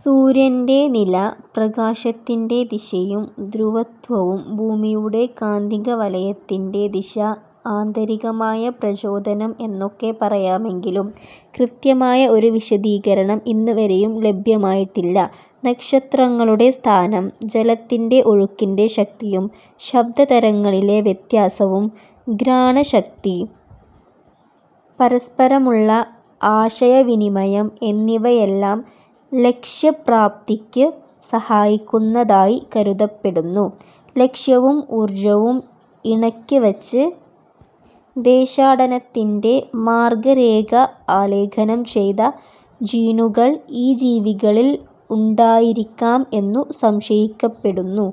സൂര്യന്റെ നില, പ്രകാശത്തിന്റെ ദിശയും ധ്രുവത്വവും, ഭൂമിയുടെ കാന്തികവലയത്തിന്റെ ദിശ, ആന്തരികമായ പ്രചോദനം എന്നൊക്കെ പറയാമെങ്കിലും കൃത്യമായ ഒരു വിശദീകരണം ഇന്നുവരെയും ലഭ്യമായിട്ടില്ല. നക്ഷത്രങ്ങളുടെ സ്ഥാനം, ജലത്തിലെ ഒഴുക്കിന്റെ ശക്തിയും ശബ്ദതരംഗങ്ങളിലെ വ്യത്യാസവും, ഘ്രാണശക്തി, പരസ്പരമുള്ള ആശയവിനിമയം എന്നിവയെല്ലാം ലക്ഷ്യപ്രാപ്തിക്ക് സഹായിക്കുന്നതായി കരുതപ്പെടുന്നു. ലക്ഷ്യവും ഊർജവും ഇണക്കിവച്ച് ദേശാടനത്തിന്റെ മാർഗരേഖ ആലേഖനം ചെയ്ത ജീനുകൾ ഈ ജീവികളിൽ ഉണ്ടായിരിക്കാം എന്നു സംശയിക്കപ്പെടുന്നു.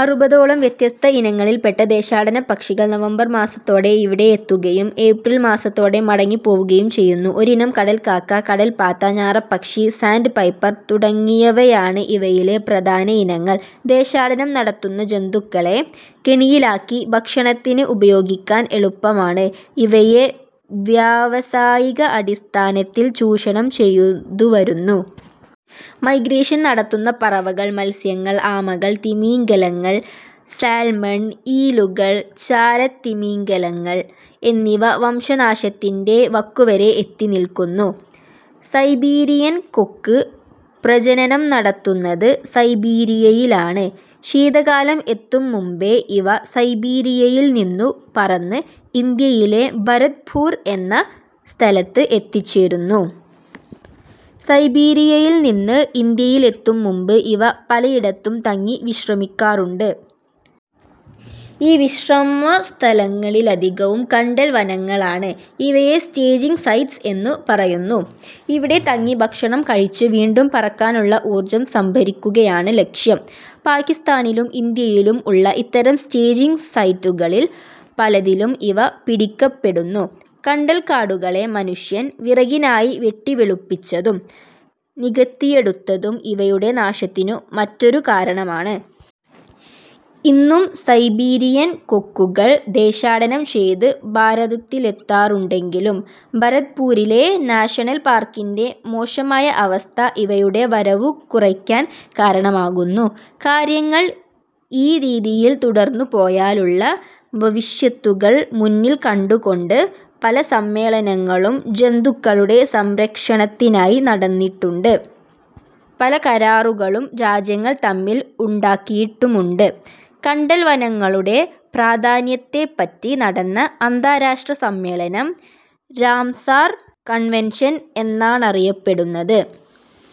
അറുപതോളം വ്യത്യസ്ത ഇനങ്ങളിൽപ്പെട്ട ദേശാടനപ്പക്ഷികൾ നവംബർ മാസത്തോടെ ഇവിടെ എത്തുകയും ഏപ്രിൽ മാസത്തോടെ മടങ്ങിപ്പോവുകയും ചെയ്യുന്നു. ഒരിനം കടൽക്കാക്ക, കടൽപ്പാത്ത, ഞാറപ്പക്ഷി, സാൻഡ് പൈപ്പർ തുടങ്ങിയവയാണ് ഇവയിലെ പ്രധാന ഇനങ്ങൾ. ദേശാടനം നടത്തുന്ന ജന്തുക്കളെ കെണിയിലാക്കി ഭക്ഷണത്തിന് ഉപയോഗിക്കാൻ എളുപ്പമാണ്. ഇവയെ വ്യാവസായിക അടിസ്ഥാനത്തിൽ ചൂഷണം ചെയ്തുവരുന്നു. മൈഗ്രേഷൻ നടത്തുന്ന പറവകൾ, മത്സ്യങ്ങൾ, ആമകൾ, തിമിംഗിലങ്ങൾ, സാൽമൺ, ഈലുകൾ, ചാരത്തിമിംഗിലങ്ങൾ എന്നിവ വംശനാശത്തിന്റെ വക്കുവരെ എത്തിനില്ക്കുന്നു. സൈബീരിയൻ കൊക്ക് പ്രജനനം നടത്തുന്നത് സൈബീരിയയിലാണ്. ശീതകാലം എത്തുംമുമ്പേ ഇവ സൈബീരിയയിൽനിന്നു പറന്ന് ഇന്ത്യയിലെ 'ഭരത്പൂർ' എന്ന സ്ഥലത്ത് എത്തിച്ചേരുന്നു. സൈബീരിയയിൽനിന്ന് ഇന്ത്യയിലെത്തുംമുമ്പ് ഇവ പലയിടത്തും തങ്ങി വിശ്രമിക്കാറുണ്ട്. ഈ വിശ്രമസ്ഥലങ്ങളധികവും കണ്ടൽവനങ്ങളാണ്. ഇവയെ സ്റ്റേജിങ് സൈറ്റ്സ് എന്നു പറയുന്നു. ഇവിടെ തങ്ങി ഭക്ഷണം കഴിച്ച് വീണ്ടും പറക്കാനുള്ള ഊർജ്ജം സംഭരിക്കുകയാണ് ലക്ഷ്യം. പാകിസ്താനിലും ഇന്ത്യയിലും ഉള്ള ഇത്തരം സ്റ്റേജിങ് സൈറ്റുകളിൽ പലതിലും ഇവ പിടിക്കപ്പെടുന്നു. കണ്ടൽക്കാടുകളെ മനുഷ്യൻ വിറകിനായി വെട്ടിവെളുപ്പിച്ചതും നികത്തിയെടുത്തതും ഇവയുടെ നാശത്തിനു മറ്റൊരു കാരണമാണ്. ഇന്നും സൈബീരിയൻ കൊക്കുകൾ ദേശാടനം ചെയ്ത് ഭാരതത്തിലെത്താറുണ്ടെങ്കിലും ഭരത്പൂരിലെ നാഷണൽ പാർക്കിന്റെ മോശമായ അവസ്ഥ ഇവയുടെ വരവു കുറയ്ക്കാൻ കാരണമാകുന്നു. കാര്യങ്ങൾ ഈ രീതിയിൽ തുടർന്നുപോയാലുള്ള ഭവിഷ്യത്തുകൾ മുന്നിൽ കണ്ടുകൊണ്ട് പല സമ്മേളനങ്ങളും ജന്തുക്കളുടെ സംരക്ഷണത്തിനായി നടന്നിട്ടുണ്ട്. പല കരാറുകളും രാജ്യങ്ങൾ തമ്മിൽ ഉണ്ടാക്കിയിട്ടുമുണ്ട്. കണ്ടൽവനങ്ങളുടെ പ്രാധാന്യത്തെപ്പറ്റി നടന്ന അന്താരാഷ്ട്ര സമ്മേളനം രാംസാർ കൺവെൻഷൻ എന്നാണറിയപ്പെടുന്നത്.